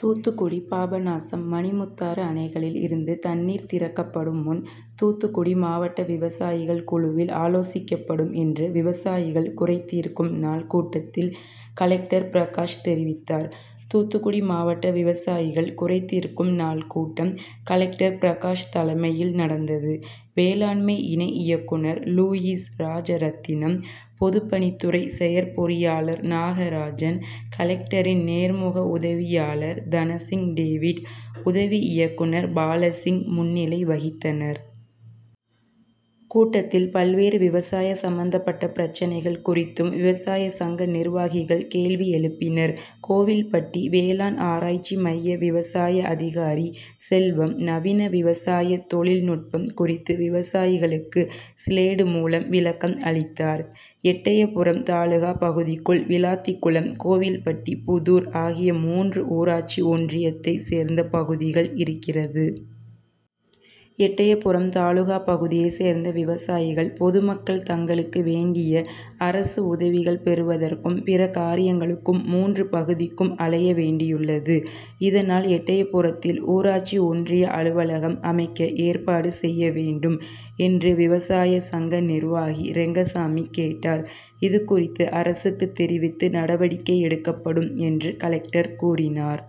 தூத்துக்குடி பாபநாசம், மணிமுத்தாறு அணைகளில் இருந்து தண்ணீர் திறக்கப்படும் முன் தூத்துக்குடி மாவட்ட விவசாயிகள் குழுவில் ஆலோசிக்கப்படும் என்று விவசாயிகள் குறைதீர்க்கும் நாள் கூட்டத்தில் கலெக்டர் பிரகாஷ் தெரிவித்தார். தூத்துக்குடி மாவட்ட விவசாயிகள் குறைதீர்க்கும் நாள் கூட்டம் கலெக்டர் பிரகாஷ் தலைமையில் நடந்தது. வேளாண்மை இணை இயக்குநர் லூயிஸ் ராஜரத்தினம், பொதுப்பணித்துறை செயற்பொறியாளர் நாகராஜன், கலெக்டரின் நேர்முக உதவியாளர் தனசிங் டேவிட், உதவி இயக்குநர் பாலசிங் முன்னிலை வகித்தனர். கூட்டத்தில் பல்வேறு விவசாய சம்பந்தப்பட்ட பிரச்னைகள் குறித்தும் விவசாய சங்க நிர்வாகிகள் கேள்வி எழுப்பினர். கோவில்பட்டி வேளாண் ஆராய்ச்சி மைய விவசாய அதிகாரி செல்வம் நவீன விவசாய தொழில் நுட்பம் குறித்து விவசாயிகளுக்கு சிலேடு மூலம் விளக்கம் அளித்தார். எட்டயபுரம் தாலுகா பகுதிக்குள் விளாத்திகுளம், கோவில்பட்டி, புதூர் ஆகிய மூன்று ஊராட்சி ஒன்றியத்தை சேர்ந்த பகுதிகள் இருக்கிறது. எட்டயபுரம் தாலுகா பகுதியை சேர்ந்த விவசாயிகள், பொதுமக்கள் தங்களுக்கு வேண்டிய அரசு உதவிகள் பெறுவதற்கும், பிற காரியங்களுக்கும் மூன்று பகுதிக்கும் அலைய வேண்டியுள்ளது. இதனால் எட்டயபுரத்தில் ஊராட்சி ஒன்றிய அலுவலகம் அமைக்க ஏற்பாடு செய்ய வேண்டும் என்று விவசாய சங்க நிர்வாகி ரெங்கசாமி கேட்டார். இது குறித்து அரசுக்கு தெரிவித்து நடவடிக்கை எடுக்கப்படும் என்று கலெக்டர் கூறினார்.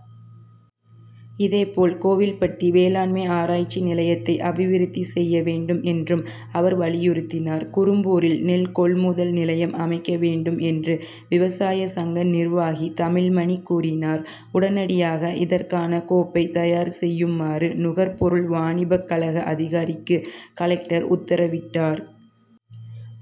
இதே போல் கோவில்பட்டி வேளாண்மை ஆராய்ச்சி நிலையத்தை அபிவிருத்தி செய்ய வேண்டும் என்றும் அவர் வலியுறுத்தினார். குரும்பூரில் நெல் கொள்முதல் நிலையம் அமைக்க வேண்டும் என்று விவசாய சங்க நிர்வாகி தமிழ்மணி கூறினார். உடனடியாக இதற்கான கோப் பை தயார் செய்யுமாறு நுகர்பொருள் வாணிபக்கழக அதிகாரிக்கு கலெக்டர் உத்தரவிட்டார்.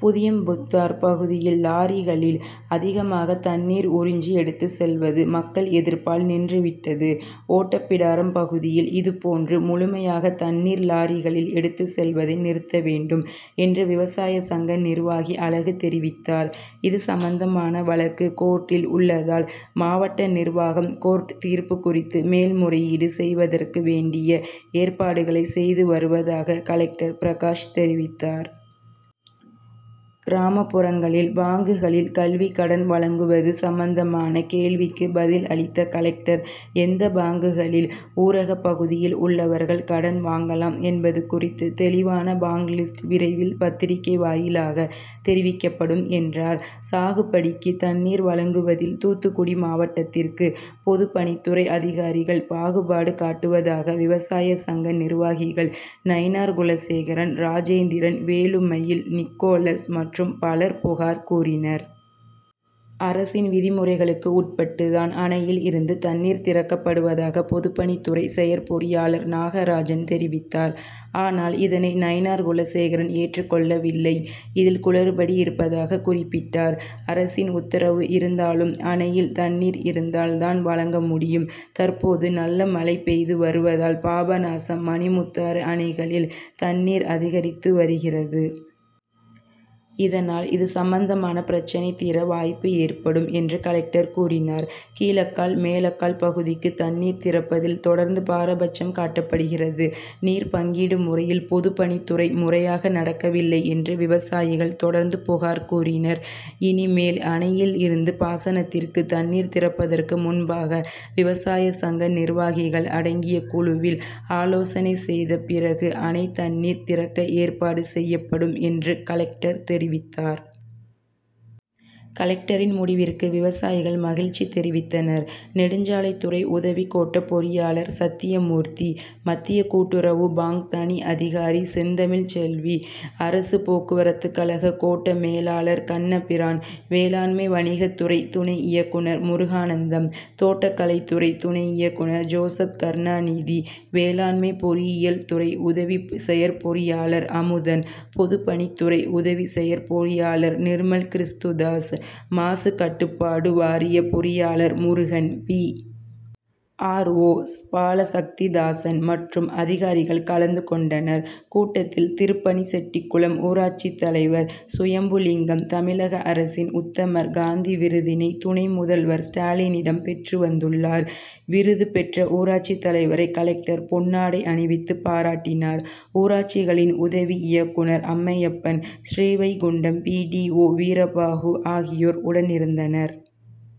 புதியம்புத்தார் பகுதியில் லாரிகளில் அதிகமாக தண்ணீர் உறிஞ்சு எடுத்து செல்வது மக்கள் எதிர்ப்பால் நின்று விட்டது. ஓட்டப்பிடாரம் பகுதியில் இதுபோன்று முழுமையாக தண்ணீர் லாரிகளில் எடுத்து செல்வதை நிறுத்த வேண்டும் என்று விவசாய சங்க நிர்வாகி அழகு தெரிவித்தார். இது சம்பந்தமான வழக்கு கோர்ட்டில் உள்ளதால், மாவட்ட நிர்வாகம் கோர்ட் தீர்ப்பு குறித்து மேல் முறையீடு செய்வதற்கு வேண்டிய ஏற்பாடுகளை செய்து வருவதாக கலெக்டர் பிரகாஷ் தெரிவித்தார். கிராமப்புறங்களில் பாங்குகளில் கல்வி கடன் வழங்குவது சம்பந்தமான கேள்விக்கு பதில் அளித்த கலெக்டர் எந்த பாங்குகளில் ஊரக பகுதியில் உள்ளவர்கள் கடன் வாங்கலாம் என்பது குறித்து தெளிவான பாங்க் லிஸ்ட் விரைவில் பத்திரிக்கை வாயிலாக தெரிவிக்கப்படும் என்றார். சாகுபடிக்கு தண்ணீர் வழங்குவதில் தூத்துக்குடி மாவட்டத்திற்கு பொதுப்பணித்துறை அதிகாரிகள் பாகுபாடு காட்டுவதாக விவசாய சங்க நிர்வாகிகள் நயினார்குலசேகரன், ராஜேந்திரன், வேலுமயில், நிக்கோலஸ் மற்றும் பலர் புகார் கூறினர். அரசின் விதிமுறைகளுக்கு உட்பட்டு தான் அணையில் இருந்து தண்ணீர் திறக்கப்படுவதாக பொதுப்பணித்துறை செயற்பொறியாளர் நாகராஜன் தெரிவித்தார். ஆனால் இதனை நயினார்குலசேகரன் ஏற்றுக் கொள்ளவில்லை. இதில் குளறுபடி இருப்பதாக குறிப்பிட்டார். அரசின் உத்தரவு இருந்தாலும் அணையில் தண்ணீர் இருந்தால் தான் வழங்க முடியும். தற்போது நல்ல மழை பெய்து வருவதால் பாபநாசம், மணிமுத்தாறு அணைகளில் தண்ணீர் அதிகரித்து வருகிறது. இதனால் இது சம்பந்தமான பிரச்னை தீர வாய்ப்பு ஏற்படும் என்று கலெக்டர் கூறினார். கீழக்கால், மேலக்கால் பகுதிக்கு தண்ணீர் திறப்பதில் தொடர்ந்து பாரபட்சம் காட்டப்படுகிறது. நீர் பங்கீடு முறையில் பொதுப்பணித்துறை முறையாக நடக்கவில்லை என்று விவசாயிகள் தொடர்ந்து புகார் கூறினர். இனிமேல் அணையில் இருந்து பாசனத்திற்கு தண்ணீர் திறப்பதற்கு முன்பாக விவசாய சங்க நிர்வாகிகள் அடங்கிய குழுவில் ஆலோசனை செய்த பிறகு அணைத் தண்ணீர் திறக்க ஏற்பாடு செய்யப்படும் என்று கலெக்டர் தெரிவித்தார். கலெக்டரின் முடிவிற்கு விவசாயிகள் மகிழ்ச்சி தெரிவித்தனர். நெடுஞ்சாலைத்துறை உதவி கோட்ட பொறியாளர் சத்தியமூர்த்தி, மத்திய கூட்டுறவு பாங்க் தனி அதிகாரி செந்தமிழ்செல்வி, அரசு போக்குவரத்துகழக கோட்ட மேலாளர் கண்ணபிரான், வேளாண்மை வணிகத்துறை துணை இயக்குநர் முருகானந்தம், தோட்டக்கலைத்துறை துணை இயக்குநர் ஜோசப்கருணாநிதி, வேளாண்மை பொறியியல் துறை உதவி செயற்பொறியாளர் அமுதன், பொதுப்பணித்துறை உதவி செயற்பொறியாளர் நிர்மல்கிறிஸ்துதாஸ், மாசுகட்டுப்பாடு வாரிய பொறியாளர் Murugan, P. R. O Balasakthidasan மற்றும் அதிகாரிகள் கலந்து கொண்டனர். கூட்டத்தில் திருப்பணிச்செட்டிகுளம் ஊராட்சி தலைவர் சுயம்புலிங்கம் தமிழக அரசின் உத்தமர் காந்தி விருதினை துணை முதல்வர் ஸ்டாலினிடம் பெற்று வந்துள்ளார். விருது பெற்ற ஊராட்சி தலைவரை கலெக்டர் பொன்னாடை அணிவித்து பாராட்டினார். ஊராட்சிகளின் உதவி இயக்குநர் Ammaiyappan, Srivaikuntam B. D. O Veerabahu ஆகியோர் உடனிருந்தனர்.